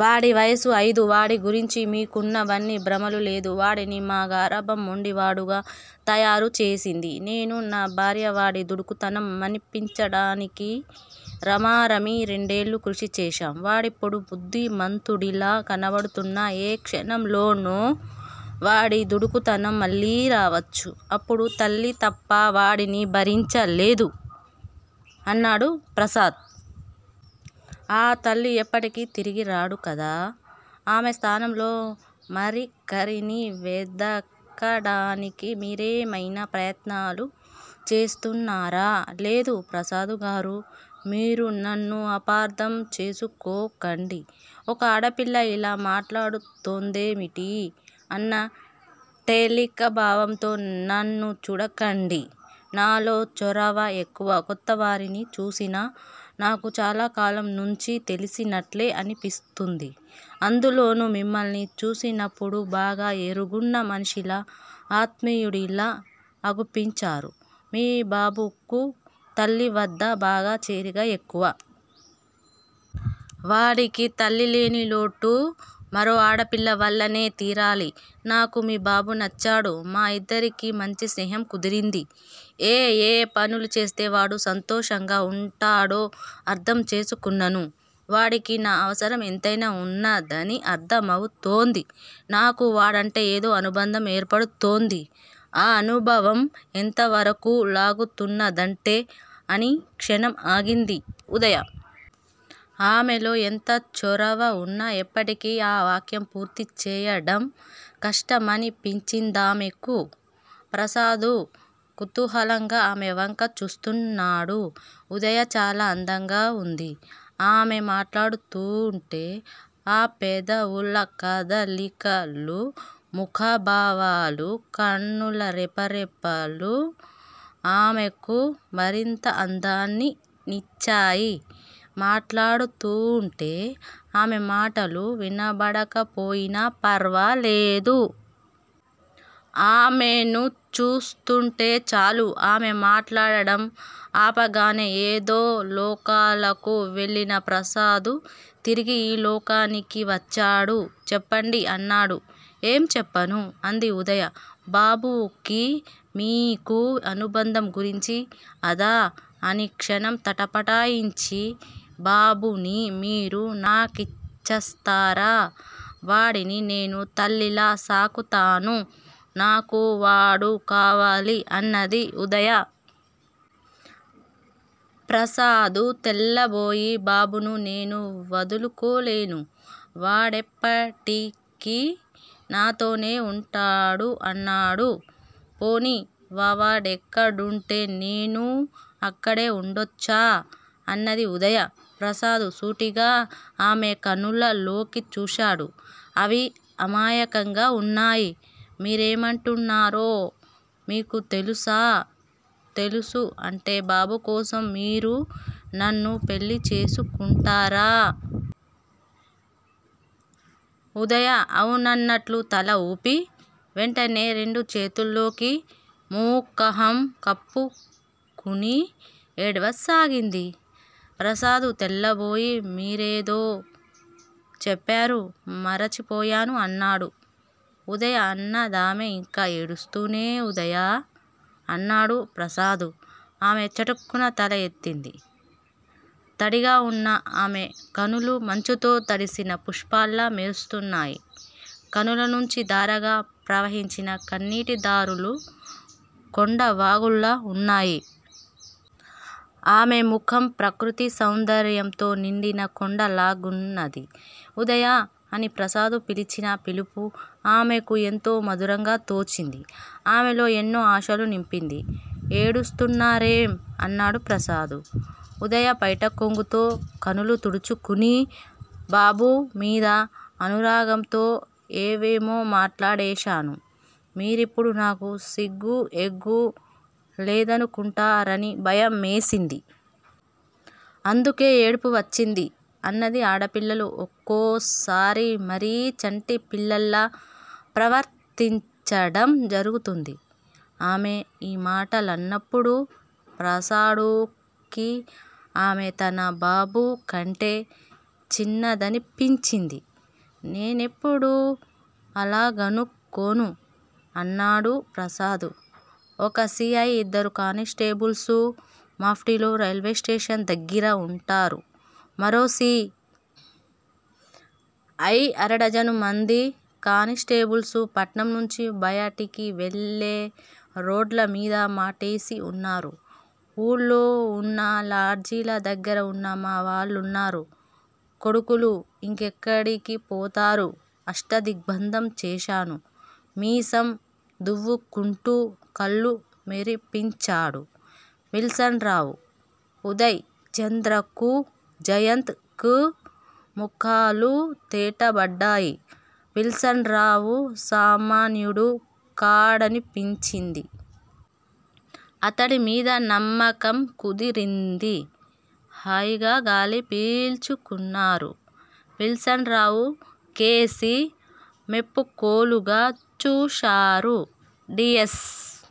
వాడి వయసు అయిదు వాడిగురించి మీకున్నవన్నీ భ్రమలు లేదు వాడిని మా గారాబం మొండివాడుగా తయారుచేసింది. నేను, న భార్య వాడి దుడుకుతనం మనిపించాడానికి రమారమి రెండేళ్ళు కృష్టి చేశాం వాడిప్పుడు బుద్ధిమంతుడిలా కనబడుతున్నా ఏ క్షణంలోనో వాడి దుడుకుతనం మళ్ళీరావచ్చు. అప్పుడు తల్లితప్ప వాడిని భరించలేదు అన్నాడు ప్రసాద్. ఆ తల్లి ఎప్పటికి తిరిగిరాడు కదా! ఆమె స్థానంలో మరికరిని వెదకడానికి మీరేమైనా ప్రయత్నాలు చేస్తున్నారా? లేదు ప్రసాదుగారూ మీరునన్ను అపార్దంచేసుకోకండి ఒక ఆడపిల్ల ఇలా మాట్లాడుతొందేమిటీ అన్న టెలికభావంతో నన్ను చూడకండి. నాలో చొరవ ఎక్కువ కొత్తవారిని చూసినా నాకు చాలాకాలంనుంచి తెలిసినట్లే అనిపిస్తుంది. అందులోనూ మిమ్మల్ని చూసినప్పుడు బాగా ఎరుగున్నమనిషిలా అత్మీయుడిలా అగుపించారు మీ బాబుకు తల్లివద్ద బాగాచేరిక ఎక్కువ. వాడికి తల్లిలేనిలోటు మరోఆడపిల్లవల్లనే తీరాలి. నాకు మీ బాబు నచ్చాడు. మా ఇద్దరికీ మంచి స్నేహంకుదిరింది. ఏయే పనులు చేస్తే వాడు సంతోషంగా వుంటాడో అర్ధంచేసుకున్నను వాడికి నా అవసరం ఎంతైనా వున్నదని అర్ధమవుతోంది. నాకూ వాడంటే ఏదో అనుబంధం ఏర్పడుతోంది ఆ అనుభవం ఎంతవరకూ లాగుతున్నదంటే అని క్షణం ఆగింది ఉదయ. ఆమెలో ఎంత చొరవ వున్న ఎప్పటికీ ఆ వాక్యం పూర్తీచేయడం కష్టమనిపించిందామెకు. ప్రసాదు కుతూహలంగా ఆమెవంక చూస్తున్నాడు. ఉదయ చాలా అందంగావుంది. ఆమె మాట్లాడుతూంటే ఆ పెదవుల కదలికలు, ముఖాభావాలు, కన్నుల రెపరెపలు ఆమెకు మరింత అందాన్ని నిచ్చాయి. మాట్లాడుతూంటే ఆమె మాటలు వినబడకపోయినా ఫర్వాలేదు. ఆమెను చూస్తుంటే చాలు. ఆమె మాట్లాడడం ఆపగానే ఏదో లోకాలకు వెళ్ళిన ప్రసాదు తిరిగి ఈ లోకానికి వచ్చాడు చెప్పండి! అన్నాడు. ఏంచెప్పను? అంది ఉదయ. బాబుకీ మీకూ అనుబంధం గురించి అదా? అని క్షణం తటపటాయించి _ బాబుని మీరు నాకిచ్చస్తారా? వాడిని నేను తల్లిలా సాకుతాను నాకు వాడు కావాలి అన్నది ఉదయ. ప్రసాదు తెల్లబోయి __ బాబును నేను వదులుకోలేను. వాడేప్పటికి నాతోనే వుంటాడు అన్నాడు. పోనీ వావాడేక్కడుంటే నేనూ అక్కడే ఉండొచ్చా? అన్నది ఉదయ. ప్రసాదు సూటిగా ఆమె కనులలోకి చూశాడు. అవి అమాయకంగా ఉన్నాయి. మీరేమంటున్నారో మీకు తెలుసా? తెలుసు అంటే బాబుకోసం మీరు నన్ను పెళ్ళిచేసుకుంటారా? ఉదయ అవునన్నట్లు తలఊపి వెంటనే రెండుచేతుల్లోకి ముకహం కప్పుకుని ఏడ్వసాగింది. ప్రసాద్ తెల్లబోయి మీరేదో చెప్పారు. మరచిపోయాను అన్నాడు. ఉదయ అన్నదామె ఇంకా ఏడుస్తూనే ఉదయా! అన్నాడు ప్రసాదు. ఆమె చటుక్కున తలఎత్తింది. తడిగా ఉన్న ఆమెకనులు మంచుతో తడిసిన పుష్పాల్లా మెరుస్తున్నాయి. కనులనుంచి ధారగా ప్రవహించిన కన్నీటి దారులు కొండవాగుల్లా ఉన్నాయి. ఆమె ముఖం ప్రకృతి సౌందర్యంతో నిండిన కొండలాగున్నది. ఉదయా అని ప్రసాదు పిలిచినా పిలుపు ఆమెకు ఎంతో మధురంగా తోచింది. ఆమెలో ఎన్నో ఆశలునింపింది. ఏడుస్తున్నారేం? అన్నాడు ప్రసాదు. ఉదయ పైటకొంగుతో కనులుతుడుచుకుని బాబుమీద అనురాగంతో ఏవేమో మాట్లాడేశాను. మీరిప్పుడు నాకు సిగ్గూఎగ్గూ లేదనుకుంటారని భయమేసింది. అందుకే ఏడుపు వచ్చింది. అన్నది. ఆడపిల్లలు ఒక్కోసారి మరీ చంటి పిల్లల్లా ప్రవర్తించడం జరుగుతుంది. ఆమె ఈమాటలన్నప్పుడు ప్రసాడుకి ఆమె తన బాబుకంటే చిన్నదనిపించింది. నేనెప్పుడూ అలాగనుకొను అన్నాడు ప్రసాదు. ఒక సి. ఐ. ఇద్దరు కానిస్టేబుల్సూ, మాప్టీలో రైల్వేస్టేషన్ దగ్గిర వుంటారు. మరో సి. ఐ. అరడజనుమంది కానిస్టేబుల్సూ పట్నంనుంచి బయటికి వెళ్ళే రోడ్లమీద మాటేసివున్నారు. ఊళ్ళో వున్న లాడ్జీలదగ్గర ఉన్న మావాళ్ళున్నారు. కొడుకులు! ఇంకెక్కడికి పోతారు? అష్టదిగ్భంధం చేశాను. మీసం దువ్వుకుంటూ కళ్ళు మెరిపించాడు విల్సన్ రావు. ఉదయ్ చంద్రకూ, జయంత్ కూ ముఖాలు తేటబడ్డాయి. విల్సన్ రావు సామాన్యుడు కాడనిపించింది. అతడిమీద నమ్మకం కుదిరింది. హాయిగా గాలి పీల్చుకున్నారు. విల్సన్ రావుకేసి మెప్పుకోలుగా చూశారు. డియస్